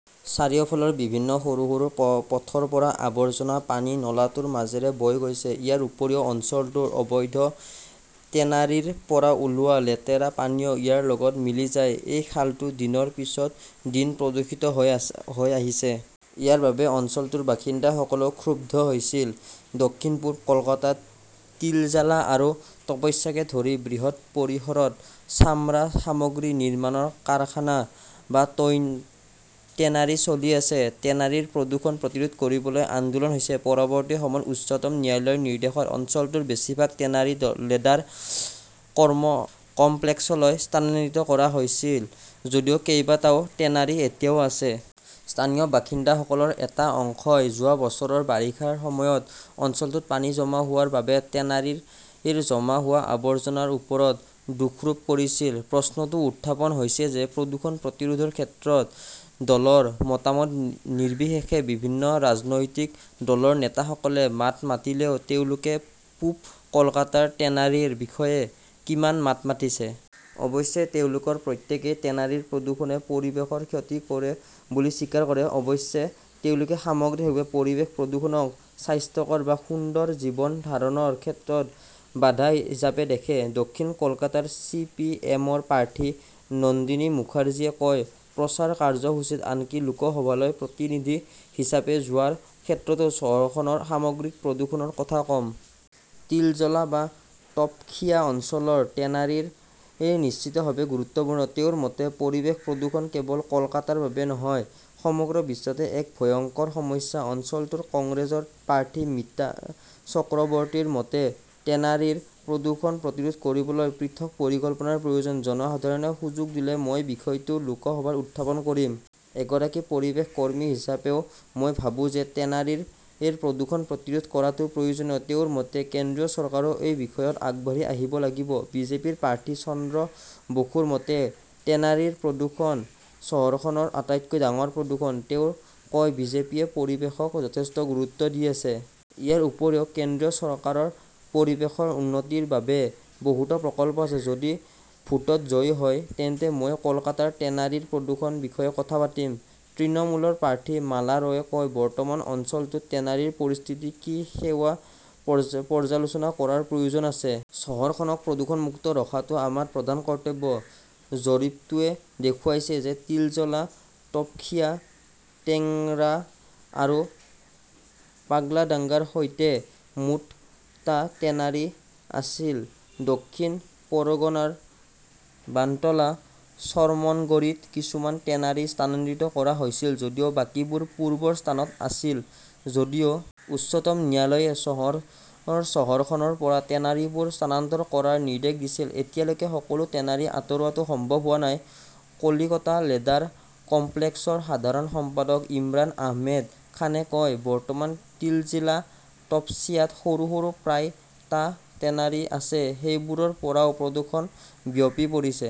চাৰিওফালৰ বিভিন্ন সৰু - সৰু পথৰ পৰা আৱৰ্জনা পানী নলাটোৰ মাজেৰে বৈ গৈছে। ইয়াৰ উপৰিও অঞ্চলটোৰ অবৈধ টেনাৰীৰ পৰা ওলোৱা লেতেৰা পানীও ইয়াৰ লগত মিলি যায়। এই খালটো দিনৰ পিছত দিন প্ৰদূষিত হৈ আহিছে। ইয়াৰ বাবে অঞ্চলটোৰ বাসিন্দাসকলেও ক্ষুব্ধ হৈছিল। দক্ষিণ-পূব কলকাতাত তিলজালা আৰু তপস্যাকে ধৰি বৃহৎ পৰিসৰত চামৰা সামগ্ৰী নিৰ্মাণৰ কাৰখানা বা টেনাৰী চলি আছে। টেনাৰীৰ প্ৰদূষণ প্ৰতিৰোধ কৰিবলৈ আন্দোলন হৈছে। পৰৱৰ্তী সময়ত উচ্চতম ন্যায়ালয়ৰ নিৰ্দেশত অঞ্চলটোৰ বেছিভাগ টেনাৰী লেদাৰ কমপ্লেক্সলৈ স্থানতৰিত কৰা হৈছিল যদিও কেইবাটাও টেনাৰী এতিয়াও আছে। স্থানীয় বাসিন্দাসকলৰ এটা অংশই যোৱা বছৰৰ বাৰিষাৰ সময়ত অঞ্চলটোত পানী জমা হোৱাৰ বাবে টেনাৰীৰ জমা হোৱা আৱৰ্জনাৰ ওপৰত দোষাৰোপ কৰিছিল। প্ৰশ্নটো উত্থাপন হৈছে যে প্ৰদূষণ প্ৰতিৰোধৰ ক্ষেত্ৰত দলৰ মতামত নিৰ্বিশেষে বিভিন্ন ৰাজনৈতিক দলৰ নেতাসকলে মাত মাতিলেও তেওঁলোকে পূব কলকাতাৰ টেনাৰীৰ বিষয়ে কিমান মাত মাতিছে? অৱশ্যে, তেওঁলোকৰ প্ৰত্যেকেই টেনাৰীৰ প্ৰদূষণে পৰিৱেশৰ ক্ষতি কৰে বুলি স্বীকাৰ কৰে। অৱশ্যে, তেওঁলোকে সামগ্ৰিকভাৱে পৰিৱেশ প্ৰদূষণক স্বাস্থ্যকৰ আৰু সুন্দৰ জীৱন ধাৰণৰ ক্ষেত্ৰত বাধা হিচাপে দেখে। দক্ষিণ কলকাতাৰ চি. পি. এম. ৰ প্ৰাৰ্থী নন্দিনী মুখাৰ্জীয়ে কয়, প্ৰচাৰ কাৰ্যসূচীত, আনকি লোকসভালৈ প্ৰতিনিধি হিচাপে যোৱাৰ ক্ষেত্ৰতো, চহৰখনৰ সামগ্ৰিক প্ৰদূষণৰ কথা কম। তিলজলা বা তপসিয়া অঞ্চলৰ টেনাৰী নিশ্চিতভাৱে গুৰুত্বপূৰ্ণ। তেওঁৰ মতে, পৰিৱেশ প্ৰদূষণ কেৱল কলকাতাৰ বাবেই নহয়, সমগ্ৰ বিশ্বতে এক ভয়ংকৰ সমস্যা। অঞ্চলটোৰ কংগ্ৰেছৰ প্ৰাৰ্থী মিতা চক্ৰৱৰ্তীৰ মতে, টেনাৰীৰ প্ৰদূষণ প্ৰতিৰোধ কৰিবলৈ পৃথক পৰিকল্পনাৰ প্ৰয়োজন। জনসাধাৰণে সুযোগ দিলে মই বিষয়টো লোকসভাত উত্থাপন কৰিম। এগৰাকী পৰিৱেশ কৰ্মী হিচাপেও মই ভাবো যে টেনাৰীৰ প্ৰদূষণ প্ৰতিৰোধ কৰাটো প্ৰয়োজনীয়। তেওঁৰ মতে, কেন্দ্ৰীয় চৰকাৰেও এই বিষয়ত আগবাঢ়ি আহিব লাগিব। বিজেপিৰ প্ৰাৰ্থী চন্দ্ৰ বসুৰ মতে, টেনাৰীৰ প্ৰদূষণ চহৰখনৰ আটাইতকৈ ডাঙৰ প্ৰদূষণ। তেওঁ কয়, বিজেপিয়ে পৰিৱেশক যথেষ্ট গুৰুত্ব দি আছে। ইয়াৰ উপৰিও, কেন্দ্ৰীয় চৰকাৰৰ পৰিৱেশৰ উন্নতিৰ বাবে বহুতো প্ৰকল্প আছে। যদি ভোটত জয়ী হয়, তেন্তে মই কলকাতাৰ টেনাৰীৰ প্ৰদূষণৰ বিষয়ে কথা পাতিম। তৃণমূলৰ প্ৰাৰ্থী মালা ৰয়ে কয়, বৰ্তমান অঞ্চলটোত টেনাৰীৰ পৰিস্থিতি কি সেয়া পৰ্যালোচনা কৰাৰ প্ৰয়োজন আছে। চহৰখনক প্ৰদূষণমুক্ত ৰখাটো আমাৰ প্ৰধান কৰ্তব্য। জৰীপটোৱে দেখুৱাইছে যে তিলজলা, তপসিয়া, টেংৰা আৰু পাগলাডাঙ্গাৰ সৈতে মুঠ টা টেনাৰী আছিল। দক্ষিণ পৰগনাৰ বান্টলা চৰমনগৰীত কিছুমান টেনাৰী স্থানান্তৰিত কৰা হৈছিল যদিও বাকীবোৰ পূৰ্বৰ স্থানত আছিল। যদিও উচ্চতম ন্যায়ালয়ে চনত চহৰখনৰ পৰা টেনাৰীবোৰ স্থানান্তৰ কৰাৰ নিৰ্দেশ দিছিল, এতিয়ালৈকে সকলো টেনাৰী আঁতৰোৱাটো সম্ভৱ হোৱা নাই, কলিকতা লেদাৰ কমপ্লেক্সৰ সাধাৰণ সম্পাদক ইমৰান আহমেদ খানে কয়। বৰ্তমান তিলজালা-তপছিয়াত সৰু - সৰু প্ৰায় টা টেনাৰী আছে। সেইবোৰৰ পৰাও প্ৰদূষণ বিয়পি পৰিছে।